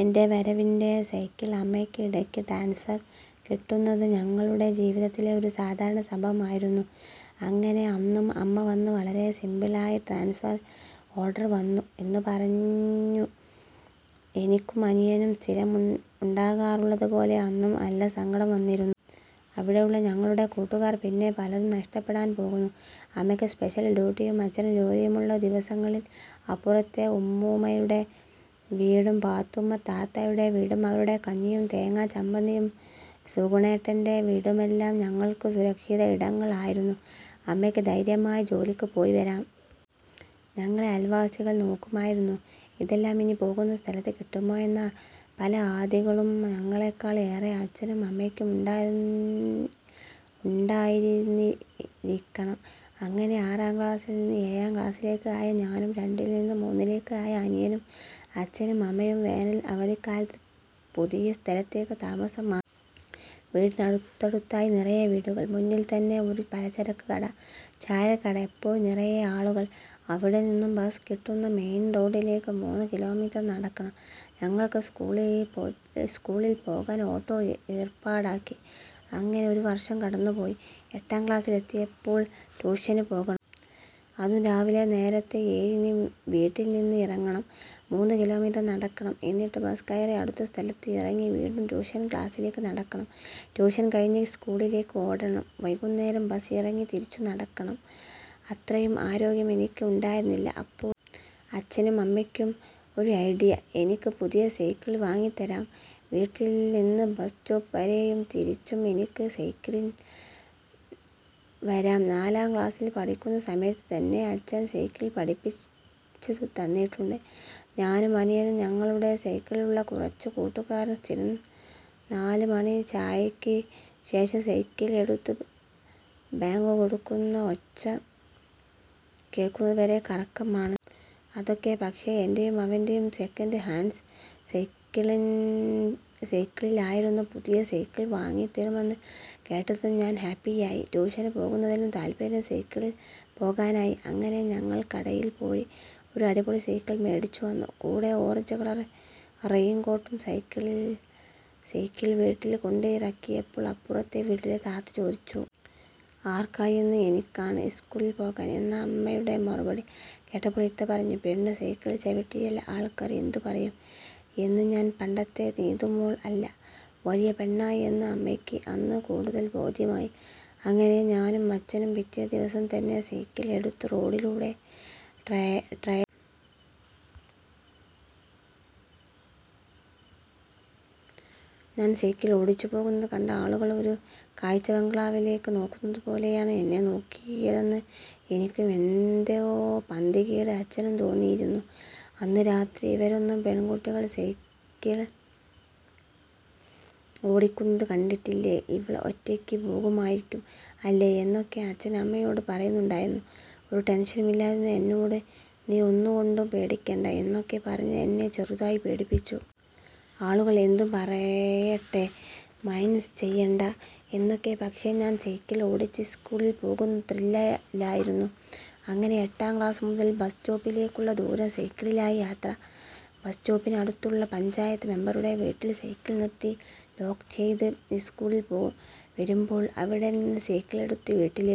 എൻ്റെ വരവിൻ്റെ സൈക്കിൾ അമ്മയ്ക്ക് ഇടയ്ക്ക് ട്രാൻസ്ഫർ കിട്ടുന്നത് ഞങ്ങളുടെ ജീവിതത്തിലെ ഒരു സാധാരണ സംഭവം ആയിരുന്നു. അങ്ങനെ അന്നും അമ്മ വന്ന് വളരെ സിംപിൾ ആയി ട്രാൻസ്ഫർ ഓർഡർ വന്നു എന്ന് പറഞ്ഞു. എനിക്കും അനിയനും സ്ഥിരം ഉണ്ടാകാറുള്ളതുപോലെ അന്നും നല്ല സങ്കടം വന്നിരുന്നു. അവിടെ ഉള്ള ഞങ്ങളുടെ കൂട്ടുകാർ പിന്നെ പലതും നഷ്ടപ്പെടാൻ പോകുന്നു. അമ്മയ്ക്ക് സ്പെഷ്യൽ ഡ്യൂട്ടിയും അച്ഛന് ജോലിയും ഉള്ള ദിവസങ്ങളിൽ അപ്പുറത്തെ ഉമ്മുമ്മയുടെ വീടും പാത്തുമ്മ താത്തയുടെ വീടും അവരുടെ കഞ്ഞിയും തേങ്ങാ ചമ്മന്തിയും സുഗുണേട്ടൻ്റെ വീടുമെല്ലാം ഞങ്ങൾക്ക് സുരക്ഷിത ഇടങ്ങൾ ആയിരുന്നു. അമ്മയ്ക്ക് ധൈര്യമായി ജോലിക്ക് പോയിവരാം. ഞങ്ങളെ അയൽവാസികൾ നോക്കുമായിരുന്നു. ഇതെല്ലാം ഇനി പോകുന്ന സ്ഥലത്ത് കിട്ടുമോ എന്ന പല ആധികളും ഞങ്ങളെക്കാൾ ഏറെ അച്ഛനും അമ്മയ്ക്കും ഉണ്ടായിരുന്നിരിക്കണം. അങ്ങനെ ആറാം ക്ലാസിൽ നിന്ന് ഏഴാം ക്ലാസിലേക്ക് ആയ ഞാനും രണ്ടിൽ നിന്ന് മൂന്നിലേക്ക് ആയ അനിയനും അച്ഛനും അമ്മയും വേനൽ അവധിക്കാലത്ത് പുതിയ സ്ഥലത്തേക്ക് താമസം മാറി. വീടിന് അടുത്തടുത്തായി നിറയെ വീടുകൾ. മുന്നിൽ തന്നെ ഒരു പലചരക്ക് കട, ചായക്കട, എപ്പോഴും നിറയെ ആളുകൾ. അവിടെനിന്നും ബസ് കിട്ടുന്ന മെയിൻ റോഡിലേക്ക് മൂന്ന് കിലോമീറ്റർ നടക്കണം. ഞങ്ങൾക്ക് സ്കൂളിൽ പോകാൻ ഓട്ടോ ഏർപ്പാടാക്കി. അങ്ങനെ ഒരു വർഷം കടന്നുപോയി. എട്ടാം ക്ലാസിൽ എത്തിയപ്പോൾ ട്യൂഷന് പോകണം. അതും രാവിലെ നേരത്തെ ഏഴിന് വീട്ടിൽ നിന്ന് ഇറങ്ങണം. മൂന്ന് കിലോമീറ്റർ നടക്കണം. എന്നിട്ട് ബസ് കയറി അടുത്ത സ്ഥലത്ത് ഇറങ്ങി വീണ്ടും ട്യൂഷൻ ക്ലാസിലേക്ക് നടക്കണം. ട്യൂഷൻ കഴിഞ്ഞ് സ്കൂളിലേക്ക് ഓടണം. വൈകുന്നേരം ബസ് ഇറങ്ങി തിരിച്ചും നടക്കണം. അത്രയും ആരോഗ്യം എനിക്ക് ഉണ്ടായിരുന്നില്ല. അപ്പോ അച്ഛനും അമ്മയ്ക്കും ഒരു ഐഡിയ. എനിക്ക് പുതിയ സൈക്കിൾ വാങ്ങിത്തരാം. വീട്ടിൽ നിന്ന് ബസ് സ്റ്റോപ്പ് വരെയും തിരിച്ചും എനിക്ക് സൈക്കിളിൽ വരാം. നാലാം ക്ലാസിൽ പഠിക്കുന്ന സമയത്ത് തന്നെ അച്ഛൻ സൈക്കിൾ പഠിപ്പിച്ചുതന്നിട്ടുണ്ട്. ഞാനും അനിയനും ഞങ്ങളുടെ സൈക്കിൾ ഉള്ള കുറച്ച് കൂട്ടുകാരും സ്ഥിരം നാല് മണി ചായയ്ക്ക് ശേഷം സൈക്കിൾ എടുത്ത് ബാങ്ക് കൊടുക്കുന്ന ഒച്ച കേൾക്കുന്നതുവരെ കറക്കമാണ്. അതൊക്കെ പക്ഷേ എൻ്റെയും അവൻ്റെയും സൈക്കിസെക്കൻഡ് ഹാൻഡ് സൈക്കിളിൽ ആയിരുന്നു. പുതിയ സൈക്കിൾ വാങ്ങിത്തരുമെന്ന് കേട്ടതും ഞാൻ ഹാപ്പിയായി. ട്യൂഷന് പോകുന്നതിലും താൽപര്യം സൈക്കിളിൽ പോകാനായി. അങ്ങനെ ഞങ്ങൾ കടയിൽ പോയി ഒരു അടിപൊളി സൈക്കിൾ മേടിച്ചുവന്നു. കൂടെ ഓറഞ്ച് കളർ റെയിൻകോട്ടും. സൈക്കിൾ വീട്ടിൽ കൊണ്ടിറക്കിയപ്പോൾ അപ്പുറത്തെ വീട്ടിലെ താത്ത ചോദിച്ചു. ആർക്കാ എന്ന്. എനിക്കാണ് സ്കൂളിൽ പോകാൻ എന്ന അമ്മയുടെ മറുപടി കേട്ടപ്പോൾ ഇത്ത പറഞ്ഞു. പെണ്ണ് സൈക്കിൾ ചവിട്ടിയാൽ ആൾക്കാർ എന്ത് പറയും എന്ന്. ഞാൻ പണ്ടത്തെ നീതു മോൾ അല്ല, വലിയ പെണ്ണായി എന്ന് അമ്മയ്ക്ക് അന്ന് കൂടുതൽ ബോധ്യമായി. അങ്ങനെ ഞാനും അച്ഛനും പിറ്റേ ദിവസം തന്നെ സൈക്കിൾ എടുത്ത് റോഡിലൂടെ ട്രയൽ ട്രയൽ നോക്കി. ഞാൻ സൈക്കിൾ ഓടിച്ചു പോകുന്നത് കണ്ട ആളുകൾ ഒരു കാഴ്ചബംഗ്ലാവിലേക്ക് നോക്കുന്നതുപോലെയാണ് എന്നെ നോക്കിയതെന്ന് എനിക്കും എന്തോ പന്തികേട് അച്ഛനും തോന്നിയിരുന്നു. അന്ന് രാത്രി ഇവരൊന്നും പെൺകുട്ടികൾ സൈക്കിൾ ഓടിക്കുന്നത് കണ്ടിട്ടില്ലേ? ഇവൾ ഒറ്റയ്ക്ക് പോകുമായിരിക്കും അല്ലേ? എന്നൊക്കെ അച്ഛൻ അമ്മയോട് പറയുന്നുണ്ടായിരുന്നു. ഒരു ടെൻഷനും ഇല്ലാതിരുന്ന എന്നോട് നീ ഒന്നുകൊണ്ടും പേടിക്കണ്ട എന്നൊക്കെ പറഞ്ഞ് എന്നെ ചെറുതായി പേടിപ്പിച്ചു. ആളുകൾ എന്തും പറയട്ടെ, മൈൻഡ് ചെയ്യണ്ട എന്നൊക്കെ. പക്ഷേ ഞാൻ സൈക്കിൾ ഓടിച്ച് സ്കൂളിൽ പോകുന്ന ത്രില്ലിലായിരുന്നു. അങ്ങനെ എട്ടാം ക്ലാസ് മുതൽ ബസ് സ്റ്റോപ്പിലേക്കുള്ള ദൂരം സൈക്കിളിലായി യാത്ര. ബസ് സ്റ്റോപ്പിന് അടുത്തുള്ള പഞ്ചായത്ത് മെമ്പറുടെ വീട്ടിൽ സൈക്കിൾ നിർത്തി ലോക്ക് ചെയ്ത് സ്കൂളിൽ പോകും. വരുമ്പോൾ അവിടെ നിന്ന് സൈക്കിൾ എടുത്ത് വീട്ടിലേക്കും.